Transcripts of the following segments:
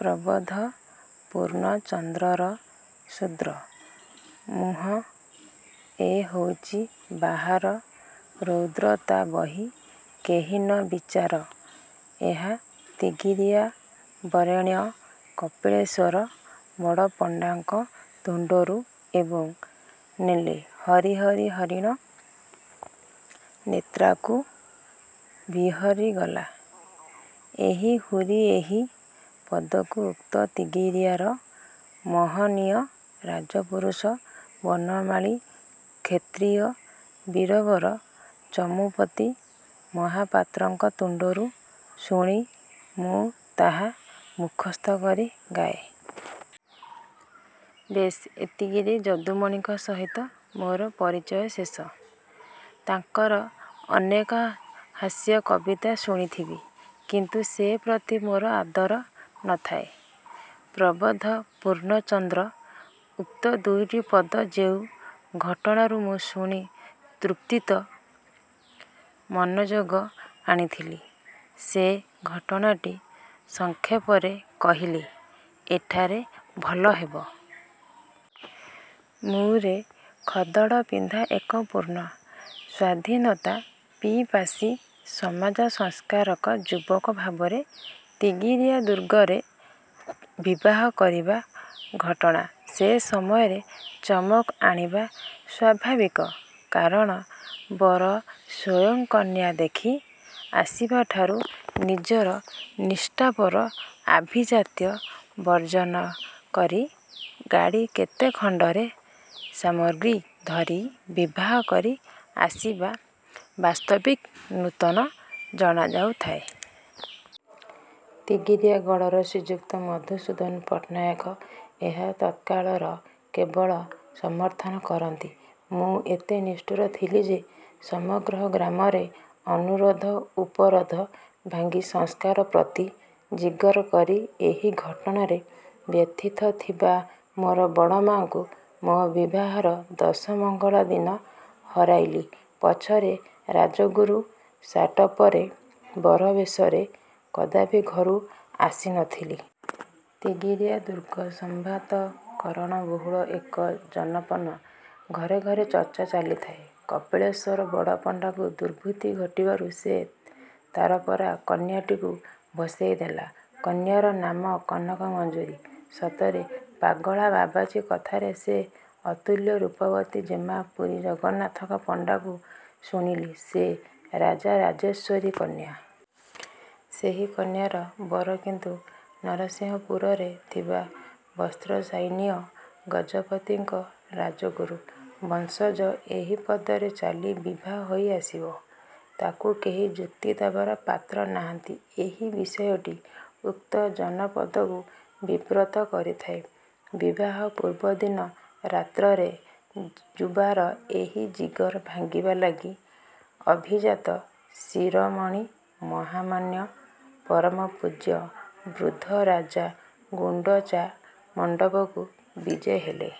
ପ୍ରବନ୍ଧ ପୂର୍ଣ୍ଣଚନ୍ଦ୍ରର 'ଶୁଦ୍ର ମୁଖୁଁ ଏ ହୋଇଛି ବାହାର, ରୌଦ୍ରତା ବହି କେହି ନ ବିଚାର'-ଏହା ତିଗିରିଆର ବରେଣ୍ୟ କପିଳେଶ୍ୱର ବଡ଼ପଣ୍ଡାଙ୍କ ତୁଣ୍ଡରୁ ଏବଂ 'ନେଲେ ହରି ହରି ହରିଣ ନେତ୍ରାକୁ ବିହରିଗଲା। ଏହି ହୁରି' ଏହି ପଦକ ଉକ୍ତ ତିଗିରିଆର ମହନୀୟ ରାଜପୁରୁଷ ବନମାଳୀ କ୍ଷତ୍ରିୟ ବୀରବର ଚମୁପତି ମହାପାତ୍ରଙ୍କ ତୁଣ୍ଡରୁ ଶୁଣି ମୁଁ ତାହା ମୁଖସ୍ଥ କରି ଗାଏ। -ବେଶ୍, ଏତିକିରେ ଯଦୁମଣିଙ୍କ ସହିତ ମୋର ପରିଚୟ ଶେଷ। ତାଙ୍କର ଅନେକ ହାସ୍ୟ କବିତା ଶୁଣିଥିବି। କିନ୍ତୁ ସେ ପ୍ରତି ମୋର ଆଦର ନ ଥାଏ। ପ୍ରବନ୍ଧ ପୂର୍ଣ୍ଣଚନ୍ଦ୍ରର ଉକ୍ତ ଦୁଇଟି ପଦ ଯେଉଁ ଘଟଣାରୁ ମୁଁ ଶୁଣି ତତ୍ପ୍ରତି ମନଯୋଗ ଆଣିଥିଲି, ସେ ଘଟଣାଟି ସଂକ୍ଷେପରେ କହିଲେ ଏଠାରେ ଭଲ ହେବ। ମୁଁ ରେ ଖଦଡ଼ପିନ୍ଧା ଏକ ପୂର୍ଣ୍ଣ ସ୍ୱାଧୀନତାପିପାସୀ ସମାଜସଂସ୍କାରକ ଯୁବକ ଭାବରେ ତିଗିରିଆ ଦୁର୍ଗରେ ବିବାହ କରିବା ଘଟଣା ସେ ସମୟରେ ଚମକ୍ ଆଣିବା ସ୍ୱାଭାବିକ। କାରଣ ବର ସ୍ୱୟଂ କନ୍ୟା ଦେଖି ଆସିବାଠାରୁ ନିଜର ନିଷ୍ଠାପର ଆଭିଜାତ୍ୟ ବର୍ଜ୍ଜନ କରି ଗାଡ଼ି କେତେ ଖଣ୍ଡରେ ସାମଗ୍ରୀ ଧରି ବିବାହ କରି ଆସିବା ବାସ୍ତବିକ୍ ନୂତନ ଜଣାଯାଉଥାଏ। ତିଗିରିଆ ଗଡ଼ର ଶ୍ରୀଯୁକ୍ତ ମଧୁସୂଦନ ପଟ୍ଟନାୟକ ଏହା ତତ୍କାଳର କେବଳ ସମର୍ଥନ କରନ୍ତି। ମୁଁ ଏତେ ନିଷ୍ଠୁର ଥିଲି ଯେ ସମଗ୍ର ଗ୍ରାମରେ ଅନୁରୋଧ ଉପରୋଧ ଭାଙ୍ଗି ସଂସ୍କାର ପ୍ରତି ଜିଗର କରି ଏହି ଘଟଣାରେ ବ୍ୟଥିତ ଥିବା ମୋର ବଡ଼ମାଆଙ୍କୁ ମୋ ବିବାହର ଦଶମଙ୍ଗଳା ଦିନ ହରାଇଲି ପଛରେ, ରାଜଗୁରୁ ସାଟୋପରେ, ବରବେଶରେ କଦାପି ଘରୁ ଆସି ନ ଥିଲି। ତିଗିରିଆ ଦୁର୍ଗ ସମ୍ଭ୍ରାନ୍ତ କରଣବହୁଳ ଏକ ଜନପନ। ଘରେ ଘରେ ଚର୍ଚ୍ଚା ଚାଲିଥାଏ କପିଳଶ୍ୱର ବଡ଼ପଣ୍ଡାକୁ ଦୁର୍ବୁଦ୍ଧି ଘୋଟିବାରୁ ସେ ତାରପରା କନ୍ୟାଟିକୁ ଭସେଇଦେଲା। କନ୍ୟାର ନାମ କନକ ମଞ୍ଜରୀ। ସତରେ ପାଗଳା ବାବାଜୀ କଥାରେ ସେ ଅତୁଲ୍ୟ ରୂପବତୀ ଜେମା। ପୁରୀ ଜଗନ୍ନାଥଙ୍କ ପଣ୍ଡାଠୁ ଶୁଣିଲି ସେ ରାଜରାଜେଶ୍ୱରୀ କନ୍ୟା। ସେହି କନ୍ୟାର ବର କିନ୍ତୁ ନରସିଂହପୁରରେ ଥିବା ବତ୍ସସାନ୍ୱୟ ଗଜପତିଙ୍କ ରାଜଗୁରୁ ବଂଶଜ ହୋଇ ପଦରେ ଚାଲି ବିଭା ହୋଇ ଆସିବ, ତାକୁ କେହି ଯୁକ୍ତିଦେବାର ପାତ୍ର ନାହାନ୍ତି, ଏହି ବିଷୟଟି ଉକ୍ତ ଜନପଦକୁ ବିବ୍ରତ କରିଥାଏ। ବିବାହ ପୂର୍ବଦିନ ରାତ୍ରରେ ଯୁବାର ଏହି ଜିଗର ଭାଙ୍ଗିବା ଲାଗି ଅଭିଜାତ ଶିରୋମଣୀ ମହାମାନ୍ୟ ପରମପୂଜ୍ୟ ବୃଦ୍ଧ ରାଜା ଗୁଣ୍ଡଚା ମଣ୍ଡପକୁ ବିଜେ ହେଲେ।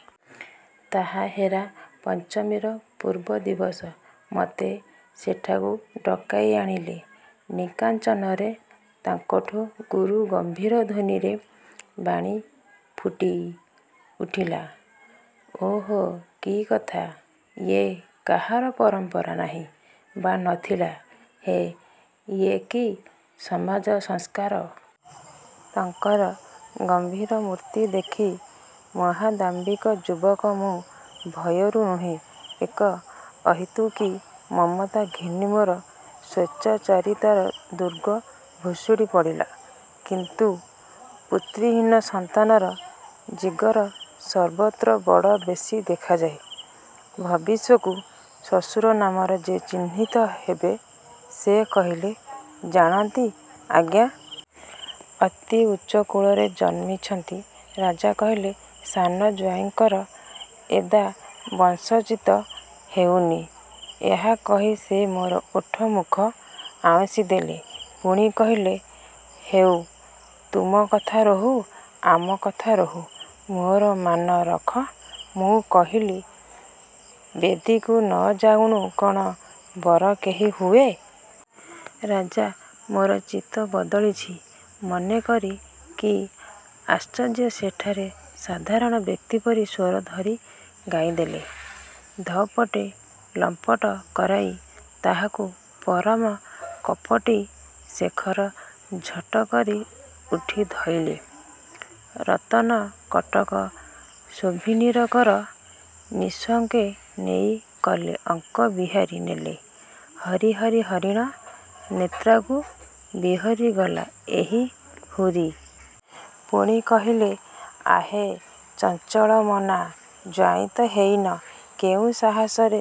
ତାହା ହେରା ପଞ୍ଚମୀର ପୂର୍ବ ଦିବସ। ମୋତେ ସେଠାକୁ ଡକାଇ ଆଣିଲେ। ନିକାଞ୍ଚନରେ ତାଙ୍କଠୁ ଗୁରୁ ଗମ୍ଭୀର ଧ୍ୱନିରେ ବାଣୀ ଫୁଟି ଉଠିଲା- 'ଓ ହୋ, କି କଥା ୟେ। କାହାର ପରଂପରା ନାହିଁ ବା ନ ଥିଲା ହେ? ୟେ କି ସମାଜ ସଂସ୍କାର? ' ତାଙ୍କର ଗମ୍ଭୀର ମୂର୍ତ୍ତି ଦେଖି ମହାଦାମ୍ଭିକ ଯୁବକ ମୁଁ, ଭୟରୁ ନୁହେଁ, ଏକ ଅହୈତୁକି ମମତା ଘେନି ମୋର ସ୍ୱେଚ୍ଛାଚାରିତାର ଦୁର୍ଗ ଭୁଷୁଡ଼ି ପଡ଼ିଲା। କିନ୍ତୁ ପିତୃହୀନ ସନ୍ତାନର ଜିଗର ସର୍ବତ୍ର ବଡ଼ ବେଶୀ ଦେଖାଯାଏ। ଭବିଷ୍ୟତ୍କୁ ଶ୍ୱଶୁର ନାମରେ ଯେ ଚିହ୍ନିତ ହେବେ, ସେ କହିଲେ-ଜାଣନ୍ତି ଆଜ୍ଞ! ଅତି ଉଚ୍ଚକୁଳରେ ଜନ୍ମିଛନ୍ତି। ରାଜା କହିଲେ-'ସାନ ଜୁଆଇଁଙ୍କର ଏଦା ବଂଶୋଚିତ ହେଉନି। ' ଏହା କହି ସେ ମୋର ଓଠ ମୁଖ ଆଉଁସି ଦେଲେ। ପୁଣି କହିଲେ- 'ହେଉ ତୁମ କଥା ରହୁ-ଆମ କଥା ରହୁ। ମୋର ମାନ ରଖ। ' ମୁଁ କହିଲି-'ବେଦୀକୁ ନ ଯାଉଣୁ କଣ ବର କେହି ହୁଏ? ' ରାଜା ମୋର ଚିତ୍ତ ବଦଳିଛି ମନେକରି, କି ଆଶ୍ଚର୍ଯ୍ୟ, ସେଠାରେ ସାଧାରଣ ବ୍ୟକ୍ତି ପରି ସ୍ୱର ଧରି ଗାଇଦେଲେ- ଧପଟେ ଲମ୍ପଟ କରାଇ ତାହାକୁ ପରମ କପଟୀ ଶେଖର ଝଟକରି ଉଠି ଧଇଲେ ରତନ କଟକ ଶୋଭିନୀର କର ନିଃଶଙ୍କେ ନେଇ କଲେ ଅଙ୍କ ବିହାରୀ ନେଲେ ହରି ହରି ହରିଣ ନେତ୍ରାକୁ ବିହରିଗଲା ଏହି ହୁରି। ପୁଣି କହିଲେ-ଆହେ ଚଞ୍ଚଳମନା! ଜୁଆଇଁ ତ ହୋଇନ, କେଉଁ ସାହସରେ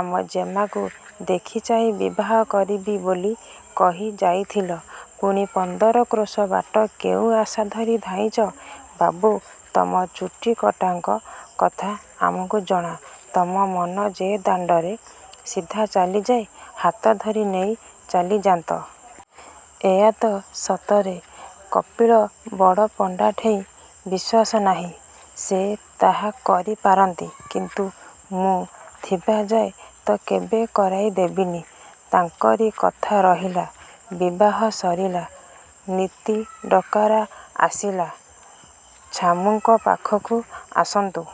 ଆମ ଜେମାକୁ ଦେଖି ଚାହିଁ ବିବାହ କରିବି ବୋଲି କହି ଯାଇଥିଲ? ପୁଣି ପନ୍ଦର କ୍ରୋଶ ବାଟ କେଉଁ ଆଶା ଧରି ଧାଇଁଚ? ବାବୁ, ତମ ଚୁଟିକଟାଙ୍କ କଥା ଆମକୁ ଜଣା। ତମ ମନ ଯେ-ଦାଣ୍ଡରେ ସିଧା ଚାଲିଯାଇ ହାତଧରି ନେଇ ଚାଲିଯାନ୍ତ। ଏୟାତ? ସତରେ କପିଳ ବଡ଼ପଣ୍ଡାଠେଇ ବିଶ୍ୱାସ ନାହିଁ। ସେ ତାହା କରିପାରନ୍ତି। କିନ୍ତୁ ମୁଁ ଥିବାଯାଏ ତ କେବେ କରାଇ ଦେବିନି। ' ତାଙ୍କରି କଥା ରହିଲା। ବିବାହ ସରିଲା। ନିତି ଡକରା ଆସିଲା- 'ଛାମୁଁଙ୍କ ପାଖକୁ ଆସନ୍ତୁ।